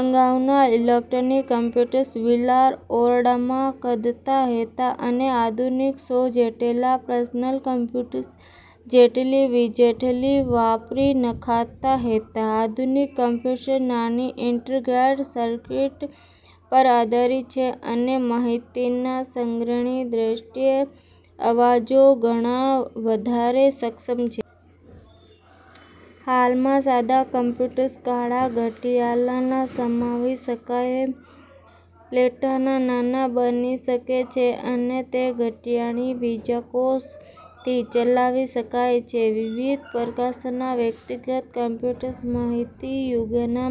અગાઉના electronic computers વિશાળ ઓરડાના કદના હતાં, અને આધુનિક સો જેટલા પર્સનલ કમ્પ્યુટર્સ જેટલી વીજળી વાપરી નાખતા હતા. આધુનિક કમ્પ્યુટર્સ નાની ઇન્ટિગ્રેટેડ સર્કિટ પર આધારિત છે અને માહિતીના સંગ્રહની દ્રષ્ટિએ અબજોગણા વધારે સક્ષમ છે. હાલમાં, સાદા કમ્પ્યુટર્સ કાંડા ઘડિયાળમાં સમાવી શકાય તેટલા નાના બની શકે છે અને તે ઘડિયાળની વીજકોષ થી ચલાવી શકાય છે. વિવિધ પ્રકારના વ્યક્તિગત કમ્પ્યુટર્સ માહિતી યુગના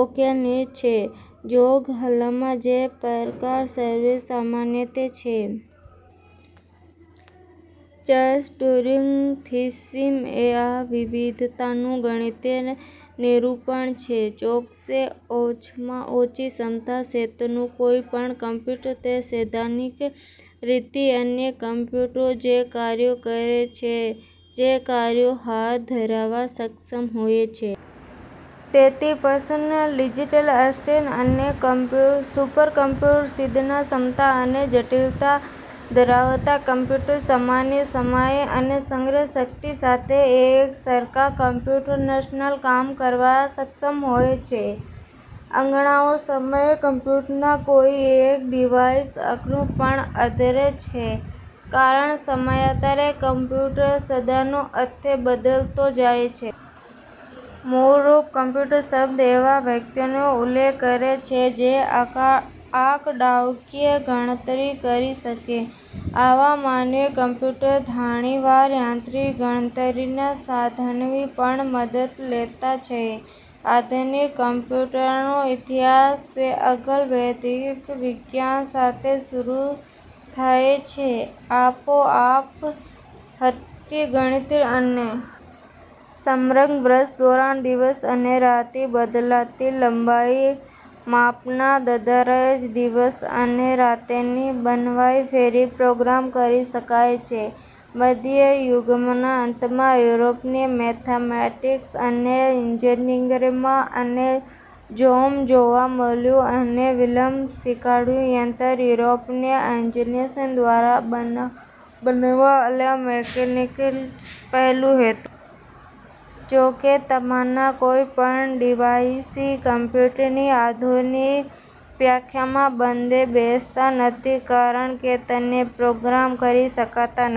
ઓળખ ચિન્હોરૂપ છે, જોકે, હાલમાં જે પ્રકાર સર્વ સામાન્ય છે તે ચર્ચ-ટ્યુરિંગ થિસીસ એ આ વિવિધતાનું ગણીતીય નિરૂપણ છેઃ ચોક્કસ ઓછામાં ઓછી ક્ષમતા સાથેનું કોઇ પણ કમ્પ્યુટર તે સૈદ્ધાંતિક રીતે અન્ય કમ્પ્યુટરો જે કાર્ય કરે છે તે જ કાર્ય હાથ ધરવા સક્ષમ હોય છે. તેથી, પર્સનલ ડિજિટલ આસિસ્ટંટ અને સુપરકમ્પ્યુટર સુધીની ક્ષમતા અને જટિલતા ધરાવતા કમ્પ્યુટર્સ સમાન સમય અને સંગ્રહ શક્તિ સાથે એક સરખા કમ્પ્યુટેશનલ કામ કરવા સક્ષમ હોય છે. અગાઉના સમયનાં કમ્પ્યુટર્સનાં કોઇ એક ડિવાઇઝને ઓળખવુ પણ અઘરૂ છે કારણે સમયાંતરે "કમ્પ્યુટર" શબ્દનો અર્થ બદલાતો જાય છે. મૂળરૂપે, "કમ્પ્યુટર" શબ્દ એવા વ્યક્તિનો ઉલ્લેખ કરે છે જે આંકડાકીય ગણતરી કરી શકે આવા માનવીય કમ્પ્યુટર ઘણીવાર યાંત્રિક ગણતરીના સાધનની પણ મદદ લેતા હોય છે. આધુનિક કમ્પ્યુટરનો ઇતિહાસ બે અળગ પ્રાવૈધિક વિજ્ઞાન સાથે શરૂ થાય છે આપોઆપ થતી ગણતરી અને પ સમગ્ર વર્ષ દરમિયાન દિવસ અને રાતની બદલતી લંબાઇ માપવા દરરોજ દિવસ અને રાતની લંબાઇને ફરી પ્રોગ્રામ કરી શકાય છે. મધ્ય યુગના અંતમાં યુરોપિયન મેથેમેટિક્સ અને એન્જિનિયરીંગમાં નવું જોમ જોવા મળ્યું, અને વિલ્હેલ્મ શિકાર્ડનું યંત્ર યુરોપિયન એન્જિનીયર્સ દ્વારા બનાવવામાં આવેલા મિકેનિકલ કપહેલુ હતું. જોકે, તેમાનાં કોઇપણ ડિવાઇઝિસ કમ્પ્યુટરની આધુનિક વ્યાખ્યામાં બંધ બેસતા નથી કારણ કે તેને પ્રોગ્રામ કરી શકાતા નથી.